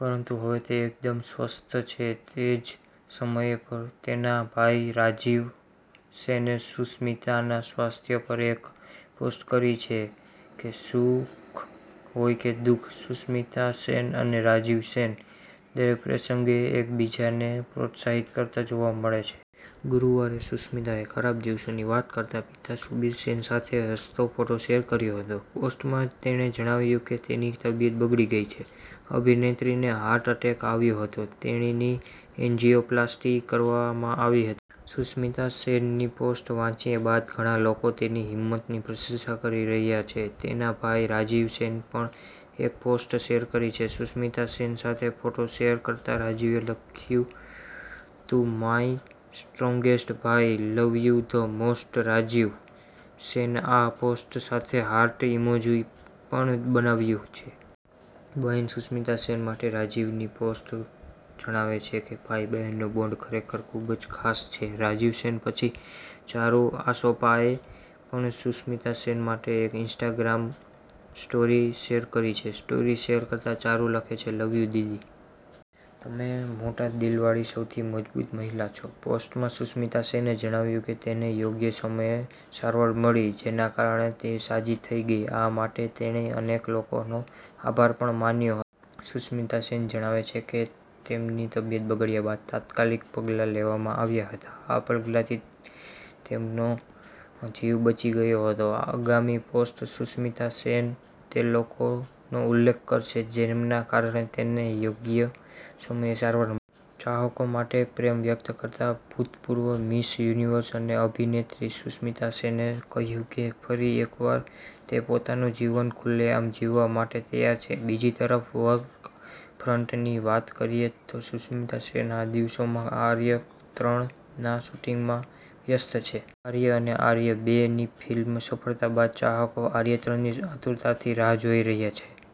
પરંતુ હવે તે એકદમ સ્વસ્થ છે. તે જ સમયે, તેના ભાઈ રાજીવ સેને સુષ્મિતાના સ્વાસ્થ્ય પર એક પોસ્ટ શેર કરી છે. સુખ હોય કે દુઃખ, સુષ્મિતા સેન અને રાજીવ સેન દરેક પ્રસંગે એકબીજાને પ્રોત્સાહિત કરતા જોવા મળે છે. ગુરુવારે સુષ્મિતાએ ખરાબ દિવસોની વાત કરતા પિતા સુબીર સેન સાથે હસતો ફોટો શેર કર્યો હતો. પોસ્ટમાં તેણે જણાવ્યું કે તેની તબિયત બગડી ગઈ છે. અભિનેત્રીને હાર્ટ એટેક આવ્યો હતો, તેણીની એન્જીયોપ્લાસ્ટી કરવામાં આવી હતી. સુષ્મિતા સેનની પોસ્ટ વાંચ્યા બાદ ઘણા લોકો તેની હિંમતની પ્રશંસા કરી રહ્યા છે. તેના ભાઈ રાજીવ સેને પણ એક પોસ્ટ શેર કરી છે. સુષ્મિતા સેન સાથેનો ફોટો શેર કરતા રાજીવે લખ્યું તું માય સ્ટ્રોંગેસ્ટ ભાઈ love you the most Rajiv સેને આ પોસ્ટ સાથે હાર્ટ ઇમોજી પણ બનાવ્યું છે. બહેન સુષ્મિતા સેન માટે રાજીવની પોસ્ટ જણાવે છે કે ભાઈ-બહેનનું બોન્ડ ખરેખર ખૂબ જ ખાસ છે. રાજીવ સેન પછી ચારુ આસોપાએ પણ સુષ્મિતા સેન માટે એક ઈન્સ્ટાગ્રામ સ્ટોરી શેર કરી છે. સ્ટોરી શેર કરતાં ચારુ લખે છે, 'લવ યુ દીદી. તમે મોટા દિલ વાળી સૌથી મજબૂત મહિલા છો. પોસ્ટમાં સુષ્મિતા સેને જણાવ્યું કે તેને યોગ્ય સમયે સારવાર મળી, જેના કારણે તે સાજી થઈ ગઈ. આ માટે તેણે અનેક લોકોનો આભાર પણ માન્યો હતો. સુષ્મિતા સેન જણાવે છે કે તેમની તબિયત બગડ્યા બાદ તાત્કાલિક પગલાં લેવામાં આવ્યા હતા, આ પગલાંથી તેમનો જીવ બચી ગયો હતો. આગામી પોસ્ટમાં, સુષ્મિતા સેન તે લોકોનો ઉલ્લેખ કરશે, જેમના કારણે તેને યોગ્ય સમયે સારવાર મળી. ચાહકો માટે પ્રેમ વ્યક્ત કરતા ભૂતપૂર્વ મિસ યુનિવર્સ અને અભિનેત્રી સુષ્મિતા સેને કહ્યું કે ફરી એકવાર તે પોતાનું જીવન ખુલ્લેઆમ જીવવા માટે તૈયાર છે. બીજી તરફ વર્ક ફ્રન્ટની વાત કરીએ તો સુષ્મિતા સેન આ દિવસોમાં આર્ય ત્રણના શૂટિંગમાં વ્યસ્ત છે. આર્ય અને આર્ય બે ની સફળતા બાદ ચાહકો આર્ય ત્રણ ની આતુરતાથી રાહ જોઈ રહ્યા છે.